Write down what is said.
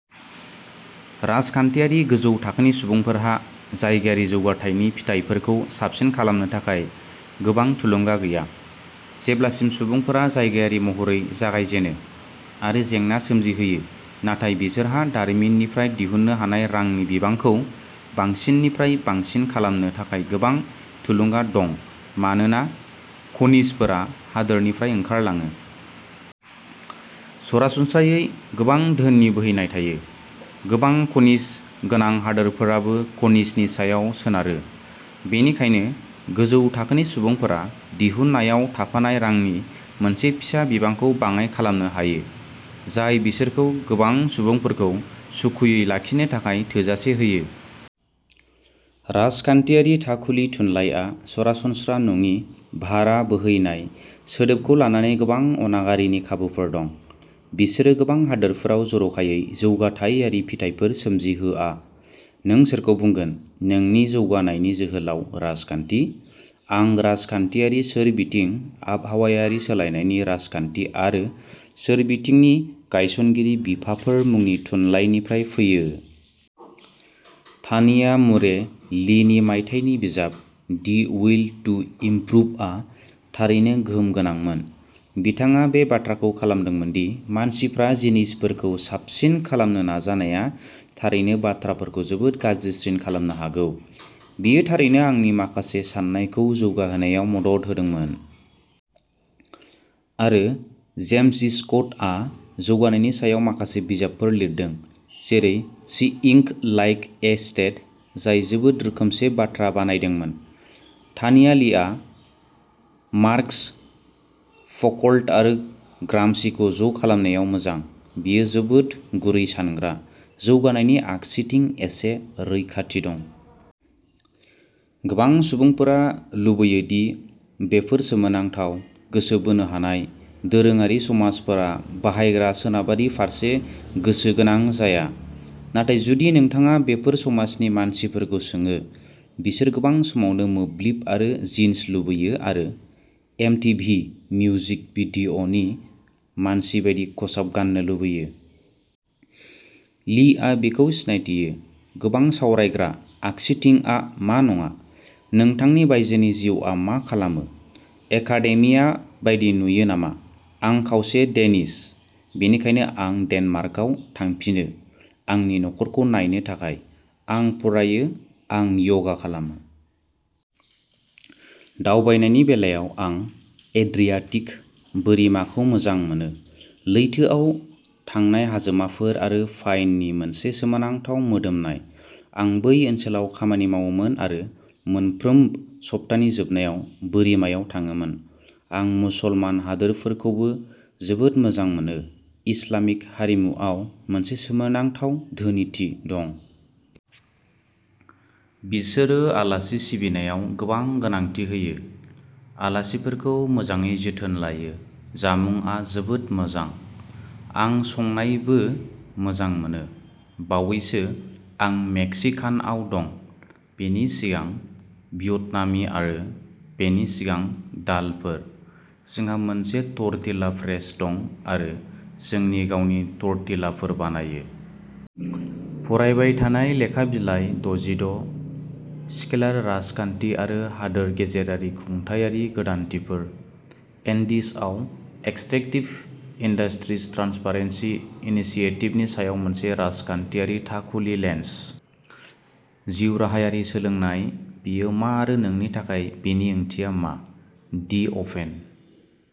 राजखान्थियारि गोजौ थाखोनि सुबुंफोरहा जायगायारि जौगाथायनि फिथायफोरखौ साबसिन खालामनो थाखाय गोबां थुलुंगा गैया, जेब्लासिम सुबुंफोरा जायगायारि महरै जागायजेनो आरो जेंना सोमजिहोयो नाथाय बिसोरहा दारिमिननिफ्राय दिहुननो हानाय रांनि बिबांखौ बांसिननिफ्राय बांसिन खालामनो थाखाय गोबां थुलुंगा दं मानोना खनिजफोरा हादोरनिफ्राय ओंखारलाङो। सरासनस्रायै गोबां धोननि बोहैनाय थायो। गोबां खनिज गोनां हादोरफोराबो खनिजनि सायाव सोनारो। बेनिखायनो गोजौ थाखोनि सुबुंफोरा दिहुननायाव थाफानाय रांनि मोनसे फिसा बिबांखौ बाङाय खालामनो हायो, जाय बिसोरखौ गोबां सुबुंफोरखौ सुखुयै लाखिनो थाखाय थोजासे होयो। राजखान्थियारि थाखुलि थुनलाइआ 'सरासनस्रा नङि भारा बोहैनाय' सोदोबखौ लानानै गोबां अनागारिनि खाबुफोर दं। बिसोरो गोबां हादोरफोराव जर'खायै जौगाथायारि फिथायफोर सोमजिहोआ। नों सोरखौ बुंगोन नोंनि जौगानायनि जोहोलाव राजखान्थि? आं राजखान्थियारि सोरबिथिं, आबहावायारि सोलायनायनि राजखान्थि आरो सोरबिथिंनि गायसनगिरि बिफाफोर मुंनि थुनलाइनिफ्राय फैयो। तानिया मुरे लिनि मायथाइनि बिजाब, दि उइल टु इमप्रुभआ थारैनो गोहोम गोनांमोन। बिथाङा बे बाथ्राखौ खालामदोंमोन दि मानसिफ्रा जिनिसफोरखौ साबसिन खालामनो नाजानाया थारैनो बाथ्राफोरखौ जोबोद गाज्रिसिन खालामनो हागौ। बेयो थारैनो आंनि माखासे साननायखौ जौगाहोनायाव मदद होदोंमोन। आरो जेम्स सि स्क'टआ जौगानायनि सायाव माखासे बिजाबफोर लिरदों, जेरै सीइंग लाइक ए स्टेट, जाय जोबोद रोखोमसे बाथ्रा बानायदोंमोन। तानिया लिआ मार्क्स, फ'क'ल्ट आरो ग्रामसिखौ ज' खालामनायाव मोजां। बियो जोबोद गुरै सानग्रा। जौगानायनि आगसिथिं एसे रैखाथि दं। गोबां सुबुंफोरा लुबैयो दि बेफोर सोमोनांथाव, गोसो बोनो हानाय, दोरोङारि समाजफोरा बाहायग्रा सोनाबारि फारसे गोसो गोनां जाया, नाथाय जुदि नोंथाङा बेफोर समाजनि मानसिफोरखौ सोङो, बिसोर गोबां समावनो मोब्लिब आरो जिन्स लुबैयो आरो एमटिभि मिउजिक भिडिअ'नि मानसि बायदि खसाब गान्नो लुबैयो। लिआ बेखौ सिनायथियो। गोबां सावरायग्रा आगसिथिंआ मा नङा। नोंथांनि बायजोनि जिउआ मा खालामो? एकाडेमिया बायदि नुयो नामा? आं खावसे डेनिश, बेनिखायनो आं डेनमार्काव थांफिनो आंनि नखरखौ नायनो थाखाय। आं फरायो, आं यगा खालामो। दावबायनायनि बेलायाव, आं एड्रियाटिक बोरिमाखौ मोजां मोनो, लैथोआव थांनाय हाजोमाफोर आरो पाइननि मोनसे सोमोनांथाव मोदोमनाय। आं बै ओनसोलाव खामानि मावोमोन आरो मोनफ्रोम सप्तानि जोबनायाव बोरिमायाव थाङोमोन। आं मुसलमान हादोरफोरखौबो जोबोद मोजां मोनो, इस्लामिक हारिमुआव मोनसे सोमोनांथाव धोनिथि दं। बिसोरो आलासि सिबिनायाव गोबां गोनांथि होयो, आलासिफोरखौ मोजाङै जोथोन लायो, जामुंआ जोबोद मोजां। आं संनायबो मोजां मोनो। बावैसो, आं मेक्सिकानआव दं। बेनि सिगां, भियतनामी आरो बेनि सिगां, दालफोर। जोंहा मोनसे टर्टिला प्रेस दं आरो जोंनि गावनि टर्टिलाफोर बानायो। फरायबाय थानाय लेखा बिलाइ द'जिद', स्केलार राजखान्थि आरो हादोर गेजेरारि खुंथायारि गोदानथिफोर, एन्डिजआव एक्सट्रैक्टिभ इन्डास्ट्रिज ट्रान्सपारेन्सि इनिसिएटिभनि सायाव मोनसे राजखान्थियारि थाखुलि लेन्स। जिउ राहायारि सोलोंनाय बेयो मा आरो नोंनि थाखाय बेनि ओंथिया मा? दि अपेन ।